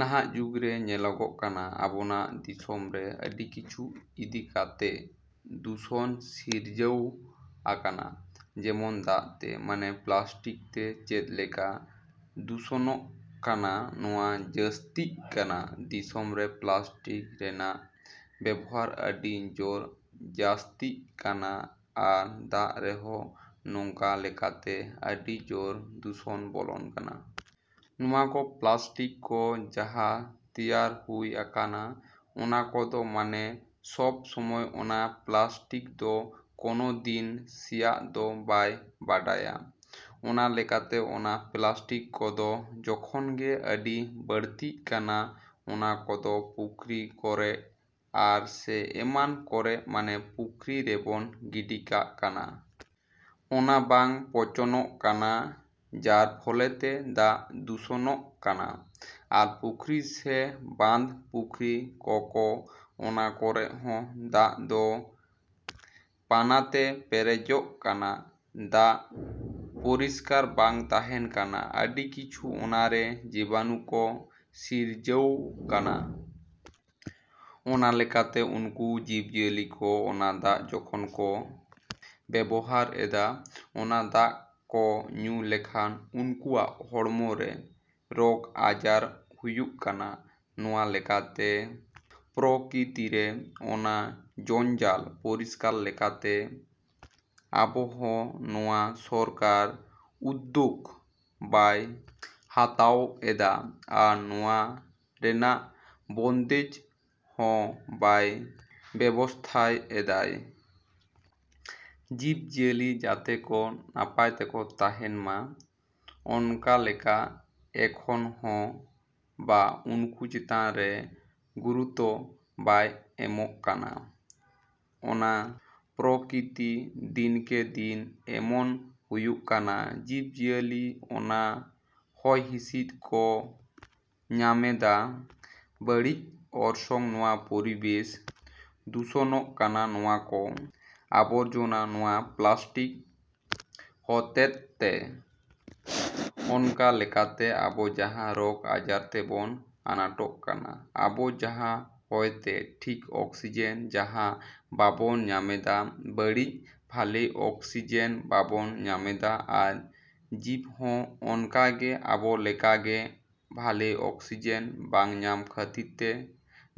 ᱱᱟᱦᱟᱜ ᱡᱩᱜᱽᱨᱮ ᱧᱮᱞᱚᱜᱚᱜ ᱠᱟᱱᱟ ᱟᱵᱚᱱᱟᱜ ᱫᱤᱥᱚᱢᱨᱮ ᱟᱹᱰᱤ ᱠᱤᱪᱷᱩ ᱤᱫᱤ ᱠᱟᱛᱮᱜ ᱫᱩᱥᱚᱱ ᱥᱤᱨᱡᱟᱹᱣ ᱟᱠᱟᱱᱟ᱾ ᱡᱮᱢᱚᱱ ᱫᱟᱜ ᱛᱮ, ᱢᱟᱱᱮ ᱯᱞᱟᱥᱴᱤᱠ ᱛᱮ ᱪᱮᱫ ᱞᱮᱠᱟ ᱫᱩᱥᱚᱱᱚᱜ ᱠᱟᱱᱟ ᱱᱚᱣᱟ ᱡᱟᱹᱥᱛᱤᱜ ᱠᱟᱱᱟ᱾ ᱫᱤᱥᱚᱢᱨᱮ ᱯᱞᱟᱥᱴᱤᱠ ᱨᱮᱱᱟᱜ ᱵᱮᱵᱚᱦᱟᱨ ᱟᱹᱰᱤ ᱡᱚᱨ ᱡᱟᱹᱥᱛᱤᱜ ᱠᱟᱱᱟ ᱟᱨ ᱫᱟᱜ ᱨᱮᱦᱚᱸ ᱱᱚᱝᱠᱟ ᱞᱮᱠᱟᱛᱮ ᱟᱹᱰᱤ ᱡᱚᱨ ᱫᱩᱥᱚᱱ ᱵᱚᱞᱚᱱ ᱠᱟᱱᱟ᱾ ᱱᱚᱣᱟ ᱠᱚ ᱯᱞᱟᱥᱴᱤᱠ ᱠᱚ ᱡᱟᱦᱟᱸ ᱛᱚᱭᱟᱨ ᱦᱩᱭ ᱟᱠᱟᱱᱟ ᱚᱱᱟ ᱠᱚᱫᱚ ᱢᱟᱱᱮ ᱥᱚᱵ ᱥᱚᱢᱚᱭ ᱚᱱᱟ ᱯᱞᱟᱥᱴᱤᱠ ᱫᱚ ᱠᱚᱱᱚ ᱫᱤᱱ ᱥᱮᱭᱟᱜ ᱫᱚ ᱵᱟᱭ ᱵᱟᱰᱟᱭᱟ᱾ ᱚᱱᱟ ᱞᱮᱠᱟᱛᱮ ᱚᱱᱟ ᱯᱞᱟᱥᱴᱤᱠ ᱠᱚᱫᱚ ᱡᱚᱠᱷᱚᱱᱜᱮ ᱟᱹᱰᱤ ᱵᱟᱹᱲᱛᱤᱜ ᱠᱟᱱᱟ ᱚᱱᱟ ᱠᱚᱫᱚ ᱯᱩᱠᱷᱨᱤ ᱠᱚᱨᱮᱜ ᱟᱨ ᱥᱮ ᱮᱢᱟᱱ ᱠᱚᱨᱮᱜ ᱢᱟᱱᱮ ᱯᱩᱠᱷᱨᱤ ᱨᱮᱵᱚᱱ ᱜᱤᱰᱤ ᱠᱟᱜ ᱠᱟᱱᱟ᱾ ᱚᱱᱟ ᱵᱟᱝ ᱯᱚᱪᱚᱱᱚᱜ ᱠᱟᱱᱟ ᱡᱟᱨ ᱯᱷᱚᱞᱮᱛᱮ ᱫᱟᱜ ᱫᱩᱥᱚᱱᱚᱜ ᱠᱟᱱᱟ ᱟᱨ ᱯᱩᱠᱷᱨᱤ ᱥᱮ ᱵᱟᱸᱫᱷ ᱯᱩᱠᱷᱨᱤ ᱠᱚᱠᱚ ᱚᱱᱟ ᱠᱚᱨᱮ ᱦᱚᱸ ᱫᱟᱜ ᱫᱚ ᱯᱟᱱᱟᱛᱮ ᱯᱮᱨᱮᱡᱚᱜ ᱠᱟᱱᱟ᱾ ᱫᱟᱜ ᱯᱚᱨᱤᱥᱠᱟᱨ ᱵᱟᱝ ᱛᱟᱦᱮᱱ ᱠᱟᱱᱟ, ᱟᱹᱰᱤ ᱠᱤᱪᱷᱩ ᱚᱱᱟᱨᱮ ᱡᱤᱵᱟᱱᱩ ᱠᱚ ᱥᱤᱨᱡᱟᱹᱣ ᱠᱟᱱᱟ᱾ ᱚᱱᱟ ᱞᱮᱠᱟᱛᱮ ᱩᱱᱠᱩ ᱡᱤᱵᱽ ᱡᱤᱭᱟᱹᱞᱤ ᱠᱚ ᱚᱱᱟ ᱫᱟᱜ ᱡᱚᱠᱷᱚᱱ ᱠᱚ ᱵᱮᱵᱚᱦᱟᱨᱮᱫᱟ, ᱚᱱᱟ ᱫᱟᱜ ᱠᱚ ᱧᱩ ᱞᱮᱠᱷᱟᱱ ᱩᱱᱠᱩᱣᱟᱜ ᱦᱚᱲᱢᱚᱨᱮ ᱨᱚᱜᱽ ᱟᱡᱟᱨ ᱦᱩᱭᱩᱜ ᱠᱟᱱᱟ᱾ ᱱᱚᱣᱟ ᱞᱮᱠᱟᱛᱮ ᱯᱚᱨᱠᱤᱛᱤᱨᱮ ᱚᱱᱟ ᱡᱚᱧᱡᱟᱞ ᱯᱚᱨᱤᱥᱠᱟᱨ ᱞᱮᱠᱟᱛᱮ ᱟᱵᱚ ᱦᱚᱸ ᱱᱚᱣᱟ ᱥᱚᱨᱠᱟᱨ ᱩᱫᱽᱫᱚᱜᱽ ᱵᱟᱭ ᱦᱟᱛᱟᱣᱮᱫᱟ ᱟᱨ ᱱᱚᱣᱟ ᱨᱮᱱᱟᱜ ᱵᱚᱱᱫᱮᱡᱽ ᱦᱚᱸ ᱵᱟᱭ ᱵᱮᱵᱚᱥᱛᱷᱟᱭᱮᱫᱟᱭ᱾ ᱡᱤᱵᱽ ᱡᱤᱭᱟᱹᱞᱤ ᱡᱟᱛᱮ ᱠᱚ ᱱᱟᱯᱟᱭ ᱛᱮᱠᱚ ᱛᱟᱦᱮᱱ ᱢᱟ ᱚᱱᱠᱟ ᱞᱮᱠᱟ ᱮᱠᱷᱚᱱ ᱦᱚᱸ ᱵᱟ ᱩᱱᱠᱩ ᱪᱮᱛᱟᱱ ᱨᱮ ᱜᱩᱨᱩᱛᱚ ᱵᱟᱭ ᱮᱢᱟᱜ ᱠᱟᱱᱟ᱾ ᱚᱱᱟ ᱯᱚᱨᱠᱤᱛᱤ ᱫᱤᱱ ᱠᱮ ᱫᱤᱱ ᱮᱢᱚᱱ ᱦᱩᱭᱩᱜ ᱠᱟᱱᱟ ᱡᱤᱵᱽ ᱡᱤᱭᱟᱹᱞᱤ ᱚᱱᱟ ᱦᱚᱭ ᱦᱤᱸᱥᱤᱫ ᱠᱚ ᱧᱟᱢᱮᱫᱟ, ᱵᱟᱹᱲᱤᱡ ᱚᱨᱥᱚᱝ ᱱᱚᱣᱟ ᱯᱚᱨᱤᱵᱮᱥ ᱫᱩᱥᱚᱱᱚᱜ ᱠᱟᱱᱟ ᱱᱚᱣᱟ ᱠᱚ ᱟᱵᱚᱨᱡᱚᱱᱟ ᱱᱚᱣᱟ ᱯᱞᱟᱥᱴᱤᱠ ᱦᱚᱛᱮᱫ ᱛᱮ᱾ ᱚᱱᱠᱟ ᱞᱮᱠᱟᱛᱮ ᱟᱵᱚ ᱡᱟᱦᱟᱸ ᱨᱚᱜᱽ ᱟᱡᱟᱨ ᱛᱮᱵᱚᱱ ᱟᱱᱟᱴᱚᱜ ᱠᱟᱱ, ᱟᱵᱚ ᱡᱟᱦᱟᱸ ᱦᱚᱭᱛᱮ ᱴᱷᱤᱠ ᱚᱠᱥᱤᱡᱮᱱ ᱡᱟᱦᱟᱸ ᱵᱟᱵᱚᱱ ᱧᱟᱢᱮᱫᱟ, ᱵᱟᱹᱲᱤᱡ ᱵᱷᱟᱞᱮ ᱚᱠᱥᱤᱡᱮᱱ ᱵᱟᱵᱚᱱ ᱧᱟᱢᱮᱫᱟ ᱟᱨ ᱡᱤᱵᱽ ᱦᱚᱸ ᱚᱱᱠᱟᱜᱮ ᱟᱵᱚ ᱞᱮᱠᱟᱜᱮ ᱵᱷᱟᱞᱮ ᱚᱠᱥᱤᱡᱮᱱ ᱵᱟᱝ ᱧᱟᱢ ᱠᱷᱟᱹᱛᱤᱨ ᱛᱮ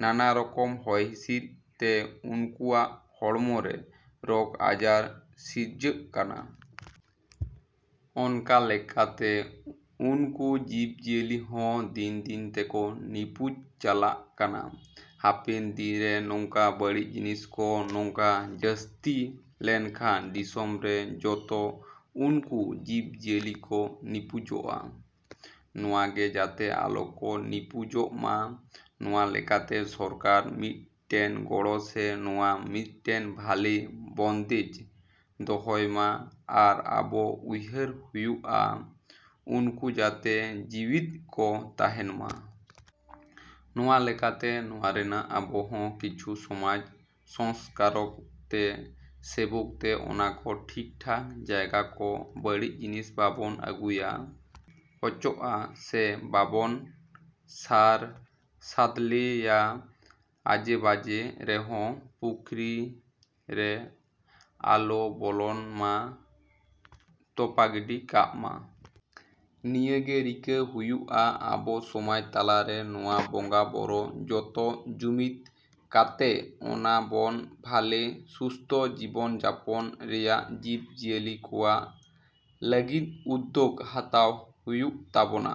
ᱱᱟᱱᱟ ᱨᱚᱠᱚᱢ ᱦᱚᱭ ᱦᱤᱸᱥᱤᱫ ᱛᱮ ᱩᱱᱠᱩᱣᱟᱜ ᱦᱚᱲᱢᱚᱨᱮ ᱨᱚᱜᱽ ᱟᱡᱟᱨ ᱥᱤᱨᱡᱟᱹᱜ ᱠᱟᱱᱟ᱾ ᱚᱱᱠᱟ ᱞᱮᱠᱟᱛᱮ ᱩᱱᱠᱩ ᱡᱤᱵᱽ ᱡᱤᱭᱟᱹᱞᱤ ᱦᱚᱸ ᱫᱤᱱ ᱫᱤᱱ ᱛᱮᱠᱚ ᱱᱤᱯᱩᱡ ᱪᱟᱞᱟᱜ ᱠᱟᱱᱟ᱾ ᱦᱟᱯᱮᱱ ᱫᱤᱱ ᱨᱮ ᱱᱚᱝᱠᱟ ᱵᱟᱹᱲᱤᱡ ᱡᱤᱱᱤᱥ ᱠᱚ ᱱᱚᱝᱠᱟ ᱡᱟᱹᱥᱛᱤ ᱞᱮᱱᱠᱷᱟᱱ ᱫᱤᱥᱚᱢᱨᱮ ᱡᱚᱛᱚ ᱩᱱᱠᱩ ᱡᱤᱵᱽ ᱡᱤᱭᱟᱹᱞᱤ ᱠᱚ ᱱᱤᱯᱩᱡᱚᱜᱼᱟ᱾ ᱱᱚᱣᱟᱜᱮ ᱡᱟᱛᱮ ᱟᱞᱚ ᱠᱚ ᱱᱤᱯᱩᱡᱚᱜᱼᱢᱟ ᱱᱚᱣᱟ ᱞᱮᱠᱟᱛᱮ ᱥᱚᱨᱠᱟᱨ ᱢᱤᱫᱴᱮᱱ ᱜᱚᱲᱚ ᱥᱮ ᱱᱚᱣᱟ ᱢᱤᱫᱴᱮᱱ ᱵᱷᱟᱞᱮ ᱵᱚᱱᱫᱮᱡᱽ ᱫᱚᱦᱚᱭ ᱢᱟ ᱟᱨ ᱟᱵᱚ ᱩᱭᱦᱟᱹᱨ ᱦᱩᱭᱩᱜᱼᱟ ᱩᱱᱠᱩ ᱡᱟᱛᱮ ᱡᱤᱣᱤᱛ ᱠᱚ ᱛᱟᱦᱮᱱ ᱢᱟ᱾ ᱱᱚᱣᱟ ᱞᱮᱠᱟᱛᱮ ᱱᱚᱣᱟ ᱨᱮᱱᱟᱜ ᱟᱵᱚ ᱦᱚᱸ ᱠᱤᱪᱷᱩ ᱥᱚᱢᱟᱡᱽ ᱥᱚᱝᱥᱠᱟᱨᱚᱠ ᱛᱮ ᱥᱮᱵᱚᱠ ᱛᱮ ᱚᱱᱟ ᱠᱚ ᱴᱷᱤᱠ ᱴᱷᱟᱠ ᱡᱟᱭᱜᱟ ᱠᱚ ᱵᱟᱹᱲᱤᱡ ᱡᱤᱱᱤᱥ ᱵᱟᱵᱚᱱ ᱟᱹᱜᱩᱭᱟ ᱦᱚᱪᱚᱜᱼᱟ ᱥᱮ ᱵᱟᱵᱚᱱ ᱥᱟᱨ ᱥᱟᱫᱞᱮᱭᱟ ᱟᱡᱮ ᱵᱟᱡᱮ ᱨᱮᱦᱚᱸ ᱯᱩᱠᱷᱨᱤ ᱨᱮ ᱟᱞᱚ ᱵᱚᱞᱚᱱ ᱢᱟ, ᱛᱚᱯᱟ ᱜᱤᱰᱤ ᱠᱟᱜ ᱢᱟ᱾ ᱱᱤᱭᱟᱹᱜᱮ ᱨᱤᱠᱟᱹ ᱦᱩᱭᱩᱜᱼᱟ ᱟᱵᱚ ᱥᱚᱢᱟᱡᱽ ᱛᱟᱞᱟᱨᱮ ᱱᱚᱣᱟ ᱵᱚᱸᱜᱟ ᱵᱚᱨᱚ ᱡᱚᱛᱚ ᱡᱩᱢᱤᱫ ᱠᱟᱛᱮᱜ ᱚᱱᱟ ᱵᱚᱱ ᱵᱷᱟᱞᱮ ᱥᱩᱥᱛᱷᱚ ᱡᱤᱵᱚᱱ ᱡᱟᱯᱚᱱ ᱨᱮᱭᱟᱜ ᱡᱤᱵᱽ ᱡᱤᱭᱟᱹᱞᱤ ᱠᱚᱣᱟᱜ ᱞᱟᱹᱜᱤᱫ ᱩᱫᱽᱫᱚᱜᱽ ᱦᱟᱛᱟᱣ ᱦᱩᱭᱩᱜ ᱛᱟᱵᱚᱱᱟ᱾।